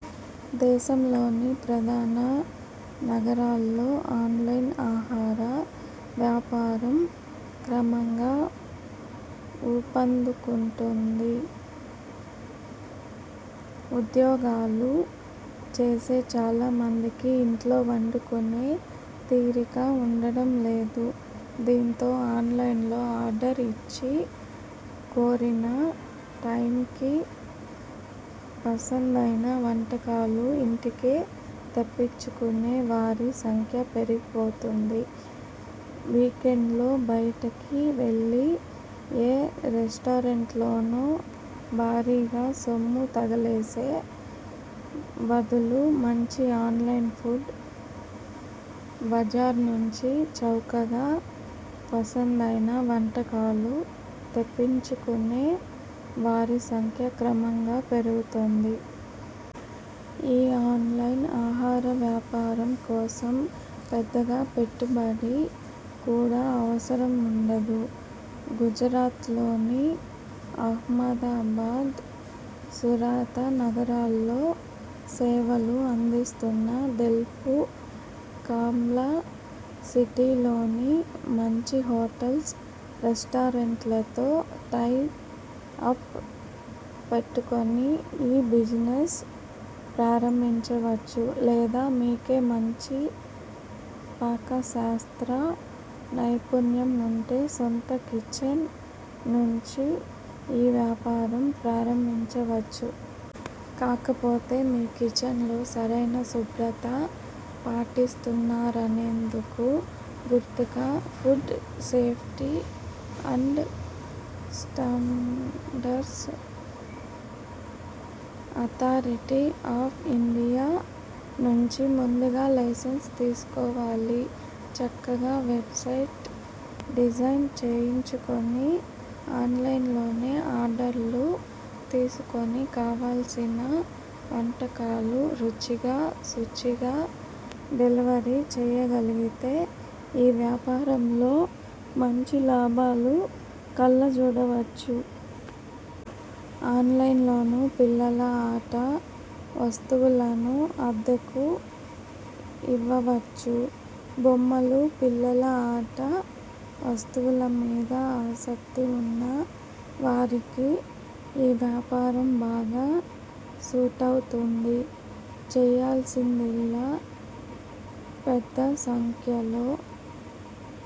దేశంలోని ప్రధాన నగరాల్లో ఆన్లైన్ ఆహార వ్యాపారం క్రమంగా ఊపందుకుంటోంది. ఉద్యోగాలు చేసే చాలా మందికి ఇంట్లో వండుకునే తీరిక ఉండడం లేదు. దీంతో ఆన్లైన్లో ఆర్డర్ ఇచ్చి కోరిన టైమ్కి పసందైన వంటకాలు ఇంటికే తెప్పించుకునే వారి సంఖ్య పెరిగిపోతోంది. వీకెండ్స్లో బయటికి వెళ్లి ఏ రెస్టారెంట్లోనో భారీగా సొమ్ము తగలేసే బదులు మంచి ఆన్లైన్ ఫుడ్ బజార్ నుంచి చౌకగా పసందైన వంటకాలు తెప్పించుకునే వారి సంఖ్య క్రమంగా పెరుగుతోంది. ఈ ఆన్లైన్ ఆహార వ్యాపారం కోసం పెద్దగా పెట్టుబడి కూడా అవసరం ఉండదు. గుజరాత్లోని అహ్మదాబాద్, సూరత నగరాల్లో సేవలు అందిస్తున్న డెల్ఫూ. కామ్లా సిటీలోని మంచి హోటల్స్, రెస్టారెంట్లతో టై అప్ పెట్టుకుని ఈ బిజినెస్ ప్రారంభించవచ్చు. లేదా మీకే మంచి పాకశాస్త్ర నైపుణ్యం ఉంటే సొంత కిచెన్ నుంచీ ఈ వ్యాపారం ప్రారంభించవచ్చు. కాకపోతే మీ కిచెన్లో సరైన శుభ్రత పాటిస్తున్నారనేందుకు గుర్తుగా food safety and standards authority of India నుంచి ముందుగా లైసెన్సు తీసుకోవాలి. చక్కగా వెబ్సైట్ డిజైన్ చేయించుకుని ఆన్లైన్లోనే ఆర్డర్లు తీసుకుని కావలసిన వంటకాలు రుచిగా, శుచిగా డెలివరీ చేయగలిగితే ఈ వ్యాపారంలో మంచి లాభాలు కళ్లజూడవచ్చు. ఆన్లైన్లోనూ పిల్లల ఆట వస్తువులను అద్దెకు ఇవ్వవచ్చు. బొమ్మలు, పిల్లల ఆట వస్తువుల మీద ఆసక్తి ఉన్న వారికి ఈ వ్యాపారం బాగా సూటవుతుంది. చేయాల్సిందిల్లా పెద్ద సంఖ్యలో